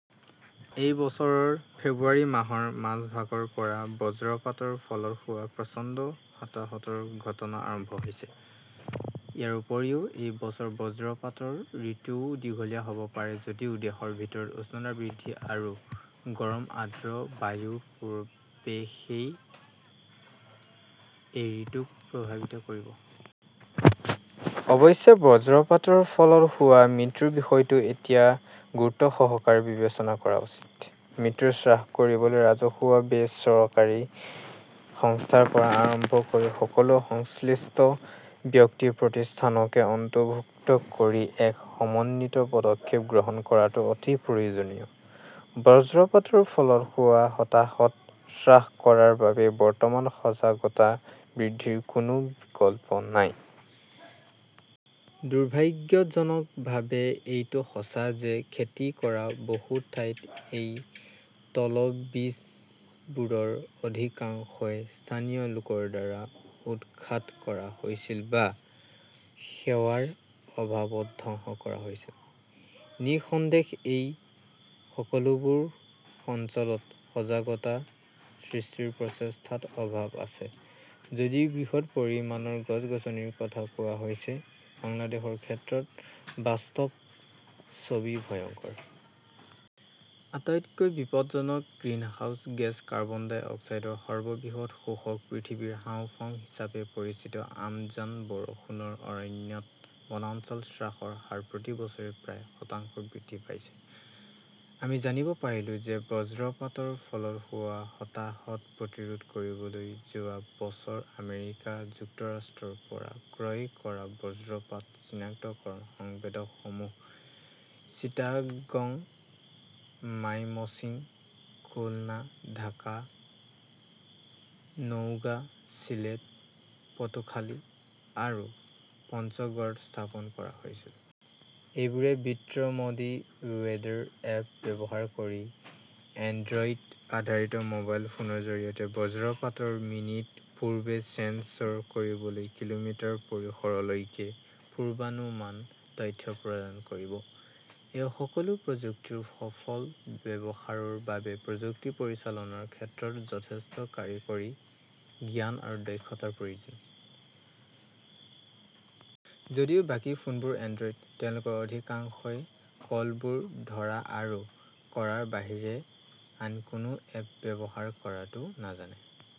এই বছৰৰ ফেব্ৰুৱাৰী মাহৰ মাজভাগৰ পৰা বজ্ৰপাতৰ ফলত হোৱা প্ৰচণ্ড হতাহতৰ ঘটনা আৰম্ভ হৈছে। ইয়াৰ উপৰিও, এই বছৰ বজ্ৰপাতৰ ঋতুও দীঘলীয়া হ'ব পাৰে যদিও দেশৰ ভিতৰত উষ্ণতা বৃদ্ধি আৰু গৰম আৰ্দ্ৰ বায়ুৰ প্ৰৱেশই এই ঋতুক প্ৰভাৱিত কৰিব। অৱশ্যে, বজ্ৰপাতৰ ফলত হোৱা মৃত্যুৰ বিষয়টো এতিয়া গুৰুত্বসহকাৰ বিবেচনা কৰা উচিত। মৃত্যু হ্ৰাস কৰিবলৈ ৰাজহুৱা-বেচৰকাৰী সংস্থাৰ পৰা আৰম্ভ কৰি সকলো সংশ্লিষ্ট ব্যক্তি-প্ৰতিষ্ঠানক অন্তৰ্ভুক্ত কৰি এক সমন্বিত পদক্ষেপ গ্ৰহণ কৰাটো অতি প্ৰয়োজনীয়। বজ্ৰপাতৰ ফলত হোৱা হতাহত হ্ৰাস কৰাৰ বাবে বৰ্তমান সজাগতা বৃদ্ধিৰ কোনো বিকল্প নাই। দুৰ্ভাগ্যজনকভাৱে এইটো সঁচা যে খেতি কৰা বহু ঠাইত এই তালবীজবোৰৰ অধিকাংশই স্থানীয় লোকৰ দ্বাৰা উৎখাত কৰা হৈছিল বা সেৱাৰ অভাৱত ধ্বংস কৰা হৈছিল। নিঃসন্দেহে এই সকলোবোৰ অঞ্চলত সজাগতা সৃষ্টিৰ প্ৰচেষ্টাত অভাৱ আছে। যদিও বৃহৎ পৰিমাণৰ গছ-গছনিৰ কথা কোৱা হৈছে, বাংলাদেশৰ ক্ষেত্ৰত বাস্তৱ ছবি ভয়ংকৰ। আটাইতকৈ বিপদজনক গ্ৰিনহাউজ গেছ কাৰ্বন-ডাই অক্সাইডৰ সৰ্ববৃহৎ শোষক পৃথিৱীৰ হাঁওফাঁও হিচাপে পৰিচিত আমাজন বৰষুণৰ অৰণ্যত বনাঞ্চল হ্ৰাসৰ হাৰ প্ৰতি বছৰে প্ৰায় শতাংশ বৃদ্ধি পাইছে। আমি জানিব পাৰিলো যে বজ্ৰপাতৰ ফলত হোৱা হতাহত প্ৰতিৰোধ কৰিবলৈ যোৱা বছৰ আমেৰিকা যুক্তৰাষ্ট্ৰৰ পৰা ক্ৰয় কৰা বজ্ৰপাত চিনাক্তকৰণ সংবেদকসমূহ চিটাগং, মাইমশ্বিং, খুলনা, ঢাকা, নওগাঁ, চিলেট, পটুখালি আৰু পঞ্চগড়ত স্থাপন কৰা হৈছিল। এইবোৰে বিএমডি ৱেদাৰ এপ ব্যৱহাৰ কৰি এণ্ড্ৰইড-আধাৰিত মোবাইল ফোনৰ জৰিয়তে বজ্ৰপাতৰ মিনিট পূৰ্বে ছেন্সৰ কৰিবলৈ কিলোমিটাৰ পৰিসৰলৈকে পূৰ্বানুমান তথ্য প্ৰদান কৰিব। এই সকলো প্ৰযুক্তিৰ সফল ব্যৱহাৰৰ বাবে প্ৰযুক্তি পৰিচালনাৰ ক্ষেত্ৰত যথেষ্ট কাৰিকৰী জ্ঞান আৰু দক্ষতাৰ প্ৰয়োজন। যদিও বাকী ফোনবোৰ এণ্ড্ৰইড, তেওঁলোকৰ অধিকাংশই কলবোৰ ধৰা আৰু কৰাৰ বাহিৰে আন কোনো এপ ব্যৱহাৰ কৰাটো নাজানে।